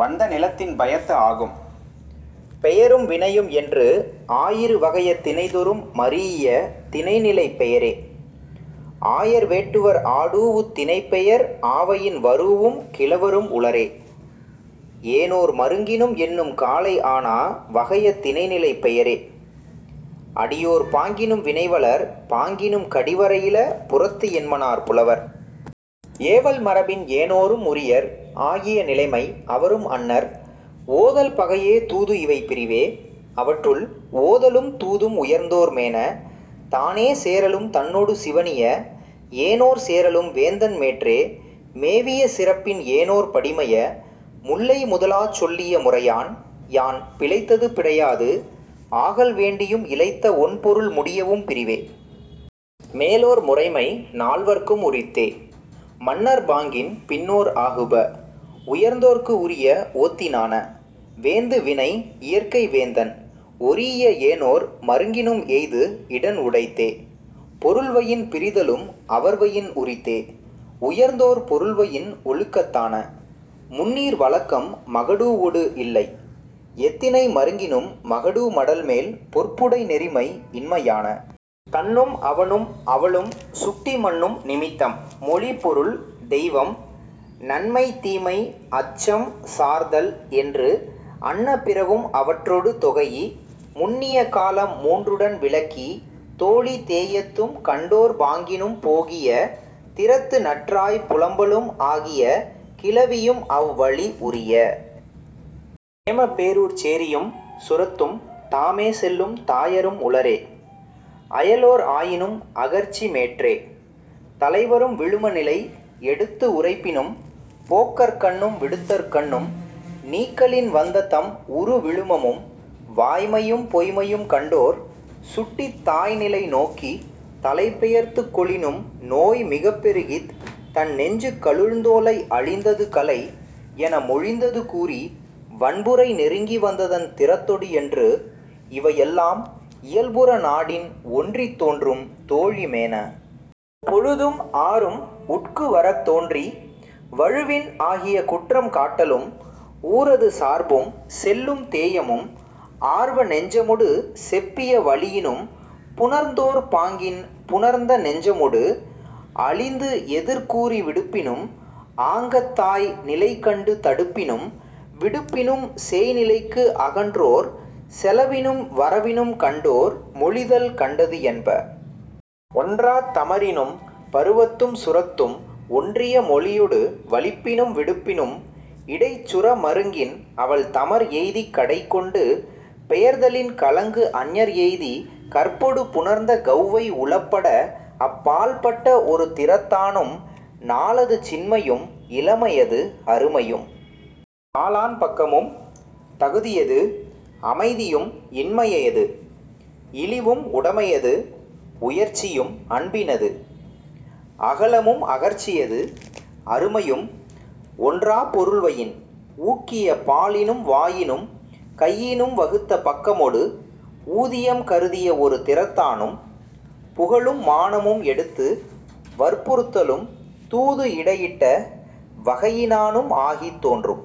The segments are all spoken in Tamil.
வந்த நிலத்தின் பயத்த ஆகும். பெயரும் வினையும் என்று ஆயிரு வகைய திணைதொறும் மரீஇய திணை நிலைப் பெயரே. ஆயர் வேட்டுவர் ஆடூஉத் திணைப் பெயர் ஆவயின் வரூஉம் கிழவரும் உளரே. ஏனோர் மருங்கினும் எண்ணும் காலை ஆனா வகைய திணை நிலைப் பெயரே. அடியோர் பாங்கினும் வினைவலர் பாங்கினும் கடிவரை இல புறத்து என்மனார் புலவர். ஏவல் மரபின் ஏனோரும் உரியர் ஆகிய நிலைமை அவரும் அன்னர். ஓதல் பகையே தூது இவை பிரிவே. அவற்றுள், ஓதலும் தூதும் உயர்ந்தோர் மேன. தானே சேறலும் தன்னொடு சிவணிய ஏனோர் சேறலும் வேந்தன் மேற்றே. மேவிய சிறப்பின் ஏனோர் படிமைய முல்லை முதலாச் சொல்லிய முறையான் பிழைத்தது பிழையாது ஆகல் வேண்டியும் இழைத்த ஒண் பொருள் முடியவும் பிரிவே. மேலோர் முறைமை நால்வர்க்கும் உரித்தே. மன்னர் பாங்கின் பின்னோர் ஆகுப. உயர்ந்தோர்க்கு உரிய ஓத்தினான. வேந்து வினை இயற்கை வேந்தன் ஒரீஇய ஏனோர் மருங்கினும் எய்து இடன் உடைத்தே. பொருள்வயின் பிரிதலும் அவர்வயின் உரித்தே. உயர்ந்தோர் பொருள்வயின் ஒழுக்கத்தான. முந்நீர் வழக்கம் மகடூஉவொடு இல்லை. எத்திணை மருங்கினும் மகடூஉ மடல்மேல் பொற்புடை நெறிமை இன்மையான. தன்னும் அவனும் அவளும் சுட்டி மன்னும் நிமித்தம் மொழிப் பொருள் தெய்வம் நன்மை தீமை அச்சம் சார்தல் என்று அன்ன பிறவும் அவற்றொடு தொகைஇ முன்னிய காலம் மூன்றுடன் விளக்கி தோழி தேஎத்தும் கண்டோ ர் பாங்கினும் போகிய திறத்து நற்றாய் புலம்பலும் ஆகிய கிளவியும் அவ் வழி உரிய. ஏமப் பேரூர்ச் சேரியும் சுரத்தும் தாமே செல்லும் தாயரும் உளரே. அயலோர் ஆயினும் அகற்சி மேற்றே. தலைவரும் விழும நிலை எடுத்து உரைப்பினும் போக்கற்கண்ணும் விடுத்தற்கண்ணும் நீக்கலின் வந்த தம் உறு விழுமமும் வாய்மையும் பொய்ம்மையும் கண்டோ ற் சுட்டித் தாய் நிலை நோக்கித் தலைப்பெயர்த்துக் கொளினும் நோய் மிகப் பெருகித் தன் நெஞ்சு கலுழ்ந்தோளை அழிந்தது களை என மொழிந்தது கூறி வன்புறை நெருங்கி வந்ததன் திறத்தொடு என்று இவை எல்லாம் இயல்புற நாடின் ஒன்றித் தோன்றும் தோழி மேன. பொழுதும் ஆறும் உட்கு வரத் தோன்றி வழுவின் ஆகிய குற்றம் காட்டலும் ஊரது சார்பும் செல்லும் தேயமும் ஆர்வ நெஞ்சமொடு செப்பிய வழியினும் புணர்ந்தோர் பாங்கின் புணர்ந்த நெஞ்சமொடு அழிந்து எதிர் கூறி விடுப்பினும் ஆங்கத் தாய் நிலை கண்டு தடுப்பினும் விடுப்பினும் சேய் நிலைக்கு அகன்றோர் செலவினும் வரவினும் கண்டோ ர் மொழிதல் கண்டது என்ப. ஒன்றாத் தமரினும் பருவத்தும் சுரத்தும் ஒன்றிய மொழியொடு வலிப்பினும் விடுப்பினும் இடைச் சுர மருங்கின் அவள் தமர் எய்திக் கடைக் கொண்டு பெயர்தலின் கலங்கு அஞர் எய்திக் கற்பொடு புணர்ந்த கௌவை உளப்பட அப் பால் பட்ட ஒரு திறத்தானும் நாளது சின்மையும் இளமையது அருமையும் தாளாண் பக்கமும் தகுதியது அமைதியும் இன்மையது இளிவும் உடைமையது உயர்ச்சியும் அன்பினது அகலமும் அகற்சியது அருமையும் ஒன்றாப் பொருள்வயின் ஊக்கிய பாலினும் வாயினும் கையினும் வகுத்த பக்கமொடு ஊதியம் கருதிய ஒரு திறத்தானும் புகழும் மானமும் எடுத்து வற்புறுத்தலும் தூது இடையிட்ட வகையினானும் ஆகித் தோன்றும்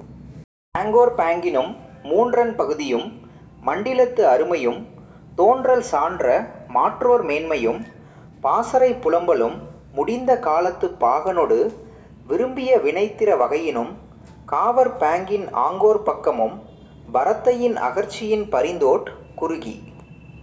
பாங்கோர் பாங்கினும் மூன்றன் பகுதியும் மண்டிலத்து அருமையும் தோன்றல் சான்ற மாற்றோர் மேன்மையும் பாசறைப் புலம்பலும் முடிந்த காலத்துப் பாகனொடு விரும்பிய வினைத்திற வகையினும் காவற் பாங்கின் ஆங்கோர் பக்கமும் பரத்தையின் அகற்சியின் பரிந்தோட் குறுகி